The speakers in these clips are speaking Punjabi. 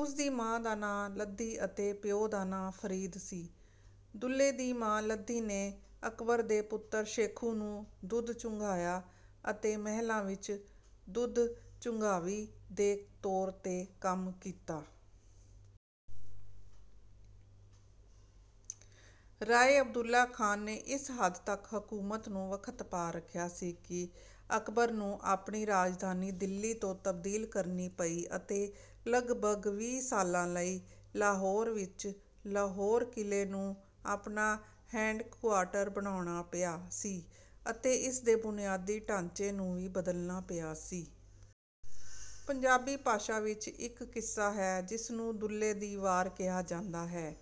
ਉਸਦੀ ਮਾਂ ਦਾ ਨਾਂ ਲੱਧੀ ਅਤੇ ਪਿਉ ਦਾ ਨਾਂ ਫਰੀਦ ਸੀ। ਦੁੱਲੇ ਦੀ ਮਾਂ ਲੱਧੀ ਨੇ ਅਕਬਰ ਦੇ ਪੁੱਤਰ ਸ਼ੇਖੂ ਨੂੰ ਦੁੱਧ ਚੁੰਘਾਇਆ ਅਤੇ ਮਹੱਲਾਂ ਵਿੱਚ ਦੁੱਧ ਚੁੰਘਾਵੀ ਦੇ ਤੌਰ 'ਤੇ ਕੰਮ ਕੀਤਾ। ਰਾਏ ਅਬਦੁੱਲਾ ਖਾਨ ਨੇ ਇਸ ਹੱਦ ਤੱਕ ਹਕੂਮਤ ਨੂੰ ਵਖਤ ਪਾ ਰੱਖਿਆ ਸੀ ਕਿ ਅਕਬਰ ਨੂੰ ਆਪਣੀ ਰਾਜਧਾਨੀ ਦਿੱਲੀ ਤੋਂ ਤਬਦੀਲ ਕਰਨੀ ਪਈ ਅਤੇ ਲਗਭਗ ਵੀਹ ਸਾਲਾਂ ਲਈ ਲਾਹੌਰ ਵਿੱਚ, ਲਾਹੌਰ ਕਿਲ੍ਹੇ ਨੂੰ ਆਪਣਾ ਹੈੱਡਕੁਆਰਟਰ ਬਣਾਉਣਾ ਪਿਆ ਸੀ ਅਤੇ ਇਸ ਦੇ ਬੁਨਿਆਦੀ ਢਾਂਚੇ ਨੂੰ ਵੀ ਬਦਲਣਾ ਪਿਆ ਸੀ। ਪੰਜਾਬੀ ਭਾਸ਼ਾ ਵਿੱਚ ਇੱਕ ਕਿੱਸਾ ਹੈ ਜਿਸ ਨੂੰ ਦੁੱਲੇ ਦੀ ਵਾਰ ਕਿਹਾ ਜਾਂਦਾ ਹੈ।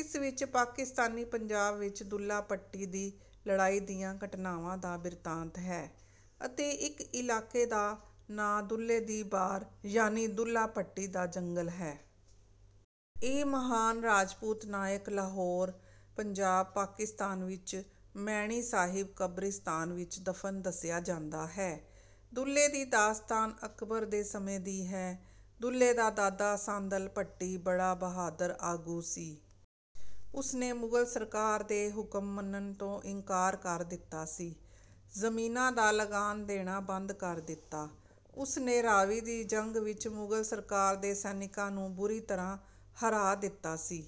ਇਸ ਵਿੱਚ ਪਾਕਿਸਤਾਨੀ ਪੰਜਾਬ ਵਿੱਚ ਦੁੱਲਾ ਭੱਟੀ ਦੀ ਲੜਾਈ ਦੀਆਂ ਘਟਨਾਵਾਂ ਦਾ ਬਿਰਤਾਂਤ ਹੈ। ਅਤੇ ਇੱਕ ਇਲਾਕੇ ਦਾ ਨਾਂ ਦੁੱਲੇ ਦੀ ਬਾਰ ਯਾਨੀ ਦੁੱਲਾ ਭੱਟੀ ਦਾ ਜੰਗਲ ਹੈ। ਇਹ ਮਹਾਨ ਰਾਜਪੂਤ ਨਾਇਕ ਲਾਹੌਰ, ਪੰਜਾਬ, ਪਾਕਿਸਤਾਨ ਵਿੱਚ ਮੈਣੀ ਸਾਹਿਬ ਕਬਰਿਸਤਾਨ ਵਿੱਚ ਦਫਨ ਦੱਸਿਆ ਜਾਂਦਾ ਹੈ। ਦੁੱਲੇ ਦੀ ਦਾਸਤਾਨ ਅਕਬਰ ਦੇ ਸਮੇਂ ਦੀ ਹੈ। ਦੁੱਲੇ ਦਾ ਦਾਦਾ ਸਾਂਦਲ ਭੱਟੀ ਬੜਾ ਬਹਾਦਰ ਆਗੂ ਸੀ। ਉਸਨੇ ਮੁਗ਼ਲ ਸਰਕਾਰ ਦੇ ਹੁਕਮ ਮੰਨਣ ਤੋਂ ਇਨਕਾਰ ਕਰ ਦਿੱਤਾ ਸੀ, ਜ਼ਮੀਨਾਂ ਦਾ ਲਗਾਨ ਦੇਣਾ ਬੰਦ ਕਰ ਦਿੱਤਾ। ਉਸਨੇ ਰਾਵੀ ਦੀ ਜੰਗ ਵਿੱਚ ਮੁਗ਼ਲ ਸਰਕਾਰ ਦੇ ਸੈਨਿਕਾਂ ਨੂੰ ਬੁਰੀ ਤਰ੍ਹਾਂ ਹਰਾ ਦਿੱਤਾ ਸੀ।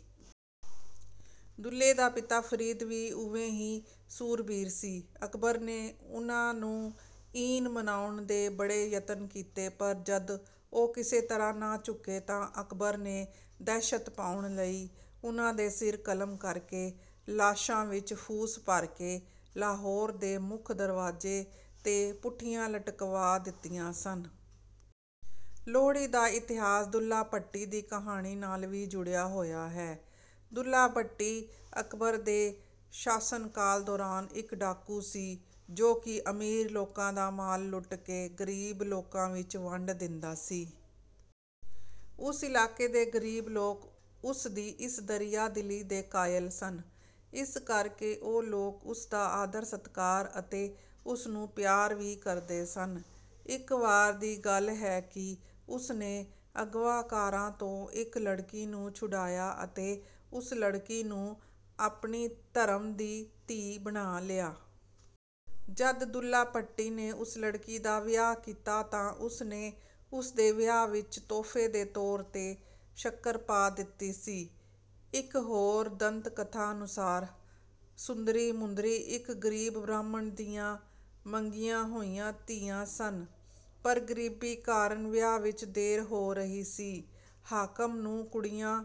ਦੁੱਲੇ ਦਾ ਪਿਤਾ ਫਰੀਦ ਵੀ ਉਵੇਂ ਹੀ ਸੂਰਬੀਰ ਸੀ। ਅਕਬਰ ਨੇ ਉਨ੍ਹਾਂ ਨੂੰ ਈਨ ਮਨਾਉਣ ਦੇ ਬੜੇ ਯਤਨ ਕੀਤੇ ਪਰ ਜਦ ਉਹ ਕਿਸੇ ਤਰ੍ਹਾਂ ਨਾ ਝੁਕੇ ਤਾਂ ਅਕਬਰ ਨੇ ਦਹਿਸ਼ਤ ਪਾਉਣ ਲਈ ਉਨ੍ਹਾਂ ਦੇ ਸਿਰ ਕਲਮ ਕਰਕੇ ਲਾਸ਼ਾਂ ਵਿੱਚ ਫੂਸ ਭਰ ਕੇ ਲਾਹੌਰ ਦੇ ਮੁੱਖ ਦਰਵਾਜ਼ੇ 'ਤੇ ਪੁੱਠੀਆਂ ਲਟਕਵਾ ਦਿੱਤੀਆਂ ਸਨ। ਲੋਹੜੀ ਦਾ ਇਤਿਹਾਸ ਦੁੱਲਾ ਭੱਟੀ ਦੀ ਕਹਾਣੀ ਨਾਲ ਵੀ ਜੁੜਿਆ ਹੋਇਆ ਹੈ। ਦੁੱਲਾ ਭੱਟੀ ਅਕਬਰ ਦੇ ਸ਼ਾਸਨਕਾਲ ਦੌਰਾਨ ਇੱਕ ਡਾਕੂ ਸੀ ਜੋ ਕਿ ਅਮੀਰ ਲੋਕਾਂ ਦਾ ਮਾਲ ਲੁੱਟ ਕੇ ਗਰੀਬ ਲੋਕਾਂ ਵਿੱਚ ਵੰਡ ਦਿੰਦਾ ਸੀ। ਉਸ ਇਲਾਕੇ ਦੇ ਗਰੀਬ ਲੋਕ ਉਸ ਦੀ ਇਸ ਦਰਿਆ-ਦਿਲੀ ਦੇ ਕਾਇਲ ਸਨ, ਇਸ ਕਰਕੇ ਉਹ ਲੋਕ ਉਸ ਦਾ ਆਦਰ-ਸਤਿਕਾਰ ਅਤੇ ਉਸ ਨੂੰ ਪਿਆਰ ਵੀ ਕਰਦੇ ਸਨ। ਇੱਕ ਵਾਰ ਦੀ ਗੱਲ ਹੈ ਕਿ ਉਸ ਨੇ ਅਗਵਾਕਾਰਾਂ ਤੋਂ ਇੱਕ ਲੜਕੀ ਨੂੰ ਛੁਡਾਇਆ ਅਤੇ ਉਸ ਲੜਕੀ ਨੂੰ ਆਪਣੀ ਧਰਮ ਦੀ ਧੀ ਬਣਾ ਲਿਆ। ਜਦ ਦੁੱਲਾ-ਭੱਟੀ ਨੇ ਉਸ ਲੜਕੀ ਦਾ ਵਿਆਹ ਕੀਤਾ ਤਾਂ ਉਸ ਨੇ ਉਸ ਦੇ ਵਿਆਹ ਵਿੱਚ ਤੋਹਫ਼ੇ ਦੇ ਤੌਰ 'ਤੇ ਸ਼ੱਕਰ ਪਾ ਦਿੱਤੀ ਸੀ। ਇੱਕ ਹੋਰ ਦੰਤ-ਕਥਾ ਅਨੁਸਾਰ: ਸੁੰਦਰੀ-ਮੁੰਦਰੀ ਇੱਕ ਗਰੀਬ ਬ੍ਰਾਹਮਣ ਦੀਆਂ ਮੰਗੀਆਂ ਹੋਈਆਂ ਧੀਆਂ ਸਨ, ਪਰ ਗਰੀਬੀ ਕਾਰਨ ਵਿਆਹ ਵਿੱਚ ਦੇਰ ਹੋ ਰਹੀ ਸੀ। ਹਾਕਮ ਨੂੰ ਕੁੜੀਆਂ